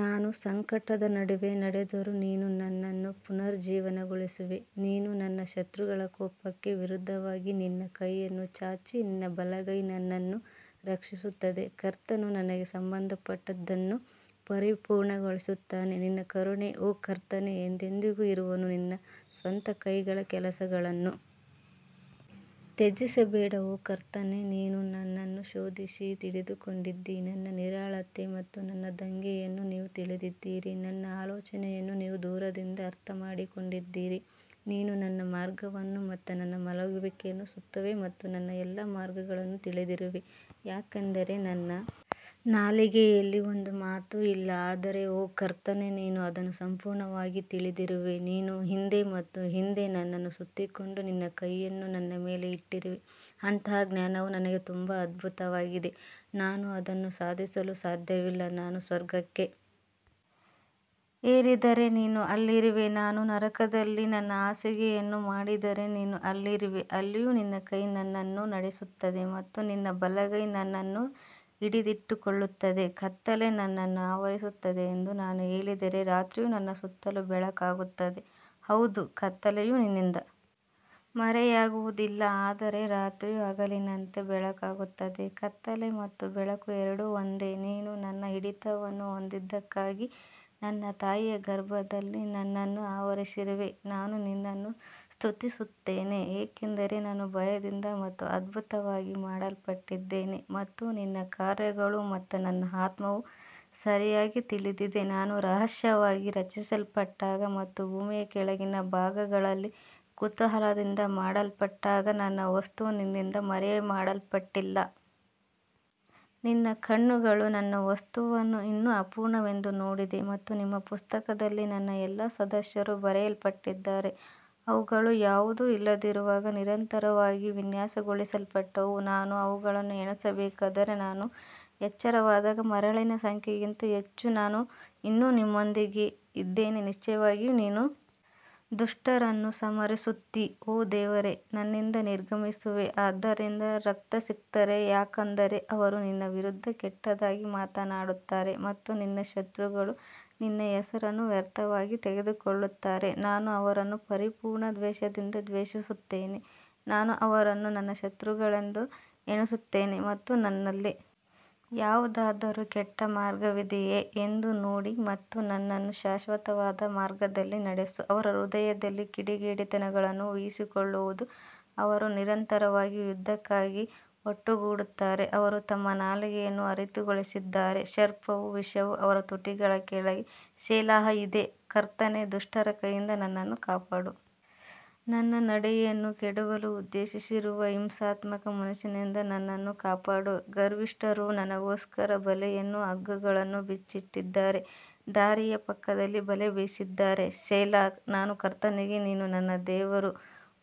ನಾನು ಸಂಕಟದ ನಡುವೆ ನಡೆದರೂ ನೀನು ನನ್ನನ್ನು ಪುನರುಜ್ಜೀವನಗೊಳಿಸುವೆ ನೀನು ನನ್ನ ಶತ್ರುಗಳ ಕೋಪಕ್ಕೆ ವಿರುದ್ಧವಾಗಿ ನಿನ್ನ ಕೈಯನ್ನು ಚಾಚಿ ನಿನ್ನ ಬಲಗೈ ನನ್ನನ್ನು ರಕ್ಷಿಸುತ್ತದೆ ಕರ್ತನು ನನಗೆ ಸಂಬಂಧಪಟ್ಟದ್ದನ್ನು ಪರಿಪೂರ್ಣಗೊಳಿಸುತ್ತಾನೆ ನಿನ್ನ ಕರುಣೆ ಓ ಕರ್ತನೇ ಎಂದೆಂದಿಗೂ ಇರುವನು ನಿನ್ನ ಸ್ವಂತ ಕೈಗಳ ಕೆಲಸಗಳನ್ನು ತ್ಯಜಿಸಬೇಡ ಓ ಕರ್ತನೇ ನೀನು ನನ್ನನ್ನು ಶೋಧಿಸಿ ತಿಳಿದುಕೊಂಡಿದ್ದೀ ನನ್ನ ನಿರಾಳತೆ ಮತ್ತು ನನ್ನ ದಂಗೆಯನ್ನು ನೀವು ತಿಳಿದಿದ್ದೀರಿ, ನನ್ನ ಆಲೋಚನೆಯನ್ನು ನೀವು ದೂರದಿಂದ ಅರ್ಥಮಾಡಿಕೊಂಡಿದ್ದೀರಿ ನೀನು ನನ್ನ ಮಾರ್ಗವನ್ನು ಮತ್ತು ನನ್ನ ಮಲಗುವಿಕೆಯನ್ನು ಸುತ್ತುವೆ ಮತ್ತು ನನ್ನ ಎಲ್ಲಾ ಮಾರ್ಗಗಳನ್ನು ತಿಳಿದಿರುವೆ ಯಾಕಂದರೆ ನನ್ನ ನಾಲಿಗೆಯಲ್ಲಿ ಒಂದು ಮಾತು ಇಲ್ಲ ಆದರೆ ಓ ಕರ್ತನೇ ನೀನು ಅದನ್ನು ಸಂಪೂರ್ಣವಾಗಿ ತಿಳಿದಿರುವೆ ನೀನು ಹಿಂದೆ ಮತ್ತು ಹಿಂದೆ ನನ್ನನ್ನು ಸುತ್ತಿಕೊಂಡು ನಿನ್ನ ಕೈಯನ್ನು ನನ್ನ ಮೇಲೆ ಇಟ್ಟಿರುವೆ ಅಂತಹ ಜ್ಞಾನವು ನನಗೆ ತುಂಬಾ ಅದ್ಭುತವಾಗಿದೆ, ನಾನು ಅದನ್ನು ಸಾಧಿಸಲು ಸಾಧ್ಯವಿಲ್ಲ ನಾನು ಸ್ವರ್ಗಕ್ಕೆ ಏರಿದರೆ ನೀನು ಅಲ್ಲಿರುವೆ ನಾನು ನರಕದಲ್ಲಿ ನನ್ನ ಹಾಸಿಗೆಯನ್ನು ಮಾಡಿದರೆ ನೀನು ಅಲ್ಲಿರುವೆ ಅಲ್ಲಿಯೂ ನಿನ್ನ ಕೈ ನನ್ನನ್ನು ನಡೆಸುತ್ತದೆ ಮತ್ತು ನಿನ್ನ ಬಲಗೈ ನನ್ನನ್ನು ಹಿಡಿದಿಟ್ಟುಕೊಳ್ಳುತ್ತದೆ ಕತ್ತಲೆ ನನ್ನನ್ನು ಆವರಿಸುತ್ತದೆ ಎಂದು ನಾನು ಹೇಳಿದರೆ ರಾತ್ರಿಯೂ ನನ್ನ ಸುತ್ತಲೂ ಬೆಳಕಾಗುತ್ತದೆ ಹೌದು ಕತ್ತಲೆಯು ನಿನ್ನಿಂದ ಮರೆಯಾಗುವುದಿಲ್ಲ ಆದರೆ ರಾತ್ರಿಯು ಹಗಲಿನಂತೆ ಬೆಳಗುತ್ತದೆ ಕತ್ತಲೆ ಮತ್ತು ಬೆಳಕು ಎರಡೂ ಒಂದೇ ನೀನು ನನ್ನ ಹಿಡಿತವನ್ನು ಹೊಂದಿದ್ದಕ್ಕಾಗಿ ನನ್ನ ತಾಯಿಯ ಗರ್ಭದಲ್ಲಿ ನನ್ನನ್ನು ಆವರಿಸಿರುವೆ ನಾನು ನಿನ್ನನ್ನು ಸ್ತುತಿಸುತ್ತೇನೆ ಏಕೆಂದರೆ ನಾನು ಭಯದಿಂದ ಮತ್ತು ಅದ್ಭುತವಾಗಿ ಮಾಡಲ್ಪಟ್ಟಿದ್ದೇನೆ ಮತ್ತು ನಿನ್ನ ಕಾರ್ಯಗಳು ಮತ್ತು ನನ್ನ ಆತ್ಮವು ಸರಿಯಾಗಿ ತಿಳಿದಿದೆ ನಾನು ರಹಸ್ಯವಾಗಿ ರಚಿಸಲ್ಪಟ್ಟಾಗ ಮತ್ತು ಭೂಮಿಯ ಕೆಳಗಿನ ಭಾಗಗಳಲ್ಲಿ ಕುತೂಹಲದಿಂದ ಮಾಡಲ್ಪಟ್ಟಾಗ ನನ್ನ ವಸ್ತುವು ನಿನ್ನಿಂದ ಮರೆಮಾಡಲ್ಪಟ್ಟಿಲ್ಲ. ನಿನ್ನ ಕಣ್ಣುಗಳು ನನ್ನ ವಸ್ತುವನ್ನು ಇನ್ನೂ ಅಪೂರ್ಣವೆಂದು ನೋಡಿದೆ ಮತ್ತು ನಿಮ್ಮ ಪುಸ್ತಕದಲ್ಲಿ ನನ್ನ ಎಲ್ಲಾ ಸದಸ್ಯರು ಬರೆಯಲ್ಪಟ್ಟಿದ್ದಾರೆ, ಅವುಗಳು ಯಾವುದೂ ಇಲ್ಲದಿರುವಾಗ ನಿರಂತರವಾಗಿ ವಿನ್ಯಾಸಗೊಳಿಸಲ್ಪಟ್ಟವು. ನಾನು ಅವುಗಳನ್ನು ಎಣಿಸಬೇಕಾದರೆ, ನಾನು ಎಚ್ಚರವಾದಾಗ ಮರಳಿನ ಸಂಖ್ಯೆಗಿಂತ ಹೆಚ್ಚು, ನಾನು ಇನ್ನೂ ನಿಮ್ಮೊಂದಿಗೆ ಇದ್ದೇನೆ ನಿಶ್ಚಯವಾಗಿಯೂ ನೀನು ದುಷ್ಟರನ್ನು ಸಂಹರಿಸುತ್ತೀ ಓ ದೇವರೇ ನನ್ನಿಂದ ನಿರ್ಗಮಿಸುವೆ ಆದ್ದರಿಂದ ರಕ್ತಸಿಕ್ತರೇ ಯಾಕಂದರೆ ಅವರು ನಿನ್ನ ವಿರುದ್ಧ ಕೆಟ್ಟದಾಗಿ ಮಾತನಾಡುತ್ತಾರೆ ಮತ್ತು ನಿನ್ನ ಶತ್ರುಗಳು ನಿನ್ನ ಹೆಸರನ್ನು ವ್ಯರ್ಥವಾಗಿ ತೆಗೆದುಕೊಳ್ಳುತ್ತಾರೆ ನಾನು ಅವರನ್ನು ಪರಿಪೂರ್ಣ ದ್ವೇಷದಿಂದ ದ್ವೇಷಿಸುತ್ತೇನೆ ನಾನು ಅವರನ್ನು ನನ್ನ ಶತ್ರುಗಳೆಂದು ಎಣಿಸುತ್ತೇನೆ ಮತ್ತು ನನ್ನಲ್ಲಿ ಯಾವುದಾದರೂ ಕೆಟ್ಟ ಮಾರ್ಗವಿದೆಯೇ ಎಂದು ನೋಡಿ ಮತ್ತು ನನ್ನನ್ನು ಶಾಶ್ವತವಾದ ಮಾರ್ಗದಲ್ಲಿ ನಡೆಸು ಅವರ ಹೃದಯದಲ್ಲಿ ಕಿಡಿಗೇಡಿತನಗಳನ್ನು ಊಹಿಸಿಕೊಳ್ಳುವುದು ಅವರು ನಿರಂತರವಾಗಿ ಯುದ್ಧಕ್ಕಾಗಿ ಒಟ್ಟುಗೂಡುತ್ತಾರೆ ಅವರು ತಮ್ಮ ನಾಲಿಗೆಯನ್ನು ಹರಿತಗೊಳಿಸಿದ್ದಾರೆ ಸರ್ಪವು ವಿಷವು ಅವರ ತುಟಿಗಳ ಕೆಳಗೆ ಸೆಲಾಹಿದೆ ಕರ್ತನೇ, ದುಷ್ಟರ ಕೈಯಿಂದ ನನ್ನನ್ನು ಕಾಪಾಡು, ನನ್ನ ನಡೆಯನ್ನು ಕೆಡವಲು ಉದ್ದೇಶಿಸಿರುವ ಹಿಂಸಾತ್ಮಕ ಮನುಷ್ಯನಿಂದ ನನ್ನನ್ನು ಕಾಪಾಡು ಗರ್ವಿಷ್ಠರು ನನಗೋಸ್ಕರ ಬಲೆಯನ್ನೂ ಹಗ್ಗಗಳನ್ನೂ ಬಚ್ಚಿಟ್ಟಿದ್ದಾರೆ ದಾರಿಯ ಪಕ್ಕದಲ್ಲಿ ಬಲೆ ಬೀಸಿದ್ದಾರೆ ಸೆಲಾ ನಾನು ಕರ್ತನಿಗೆ ನೀನು ನನ್ನ ದೇವರು,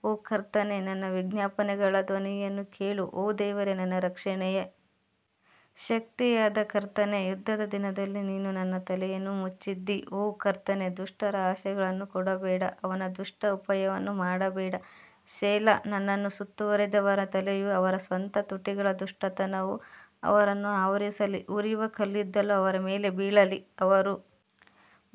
ಓ ಕರ್ತನೇ ನನ್ನ ವಿಜ್ಞಾಪನೆಗಳ ಧ್ವನಿಯನ್ನು ಕೇಳು ಓ ದೇವರೇ, ನನ್ನ ರಕ್ಷಣೆಯ ಶಕ್ತಿಯಾದ ಕರ್ತನೇ, ಯುದ್ಧದ ದಿನದಲ್ಲಿ ನೀನು ನನ್ನ ತಲೆಯನ್ನು ಮುಚ್ಚಿದ್ದೀ ಓ ಕರ್ತನೇ ದುಷ್ಟರ ಆಸೆಗಳನ್ನು ಕೊಡಬೇಡ ಅವನ ದುಷ್ಟ ಉಪಾಯವನ್ನು ಮಾಡಬೇಡ ಸೆಲಾ ನನ್ನನ್ನು ಸುತ್ತುವರಿದವರ ತಲೆಯು ಅವರ ಸ್ವಂತ ತುಟಿಗಳ ದುಷ್ಟತನವು ಅವರನ್ನು ಆವರಿಸಲಿ ಉರಿಯುವ ಕಲ್ಲಿದ್ದಲು ಅವರ ಮೇಲೆ ಬೀಳಲಿ, ಅವರು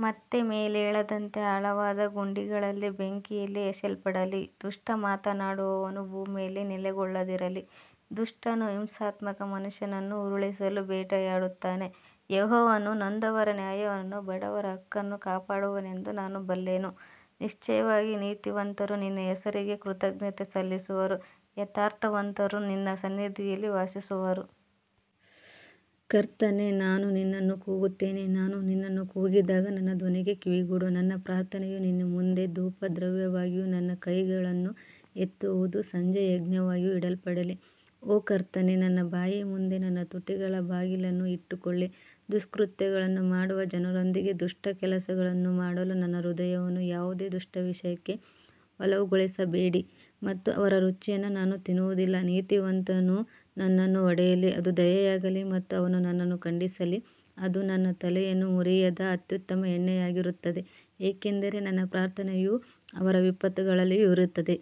ಮತ್ತೆ ಮೇಲೇಳದಂತೆ ಆಳವಾದ ಗುಂಡಿಗಳಲ್ಲಿ ಬೆಂಕಿಯಲ್ಲಿ ಎಸೆಯಲ್ಪಡಲಿ ದುಷ್ಟ ಮಾತನಾಡುವವನು ಭೂಮಿಯಲ್ಲಿ ನೆಲೆಗೊಳ್ಳದಿರಲಿ, ದುಷ್ಟನು ಹಿಂಸಾತ್ಮಕ ಮನುಷ್ಯನನ್ನು ಉರುಳಿಸಲು ಬೇಟೆಯಾಡುತ್ತಾನೆ ಯೆಹೋವನು ನೊಂದವರ ನ್ಯಾಯವನ್ನೂ ಬಡವರ ಹಕ್ಕನ್ನೂ ಕಾಪಾಡುವನೆಂದು ನಾನು ಬಲ್ಲೆನು ನಿಶ್ಚಯವಾಗಿ ನೀತಿವಂತರು ನಿನ್ನ ಹೆಸರಿಗೆ ಕೃತಜ್ಞತೆ ಸಲ್ಲಿಸುವರು ಯಥಾರ್ಥವಂತರು ನಿನ್ನ ಸನ್ನಿಧಿಯಲ್ಲಿ ವಾಸಿಸುವರು ಕರ್ತನೇ, ನಾನು ನಿನ್ನನ್ನು ಕೂಗುತ್ತೇನೆ, ನಾನು ನಿನ್ನನ್ನು ಕೂಗಿದಾಗ ನನ್ನ ಧ್ವನಿಗೆ ಕಿವಿಗೊಡು ನನ್ನ ಪ್ರಾರ್ಥನೆಯು ನಿನ್ನ ಮುಂದೆ ಧೂಪದ್ರವ್ಯವಾಗಿಯೂ ನನ್ನ ಕೈಗಳನ್ನು ಎತ್ತುವುದು ಸಂಜೆಯ ಯಜ್ಞವಾಗಿಯೂ ಇಡಲ್ಪಡಲಿ ಓ ಕರ್ತನೇ, ನನ್ನ ಬಾಯಿಯ ಮುಂದೆ ನನ್ನ ತುಟಿಗಳ ಬಾಗಿಲನ್ನು ಇಟ್ಟುಕೊಳ್ಳಿ ದುಷ್ಕೃತ್ಯಗಳನ್ನು ಮಾಡುವ ಜನರೊಂದಿಗೆ ದುಷ್ಟ ಕೆಲಸಗಳನ್ನು ಮಾಡಲು ನನ್ನ ಹೃದಯವನ್ನು ಯಾವುದೇ ದುಷ್ಟ ವಿಷಯಕ್ಕೆ ಒಲವುಗೊಳಿಸಬೇಡಿ ಮತ್ತು ಅವರ ರುಚಿಯನ್ನು ನಾನು ತಿನ್ನುವುದಿಲ್ಲ ನೀತಿವಂತನು ನನ್ನನ್ನು ಹೊಡೆಯಲಿ ಅದು ದಯೆಯಾಗಲಿ ಮತ್ತು ಅವನು ನನ್ನನ್ನು ಖಂಡಿಸಲಿ ಅದು ನನ್ನ ತಲೆಯನ್ನು ಮುರಿಯದ ಅತ್ಯುತ್ತಮ ಎಣ್ಣೆಯಾಗಿರುತ್ತದೆ ಏಕೆಂದರೆ ನನ್ನ ಪ್ರಾರ್ಥನೆಯು ಅವರ ವಿಪತ್ತುಗಳಲ್ಲಿಯೂ ಇರುತ್ತದೆ.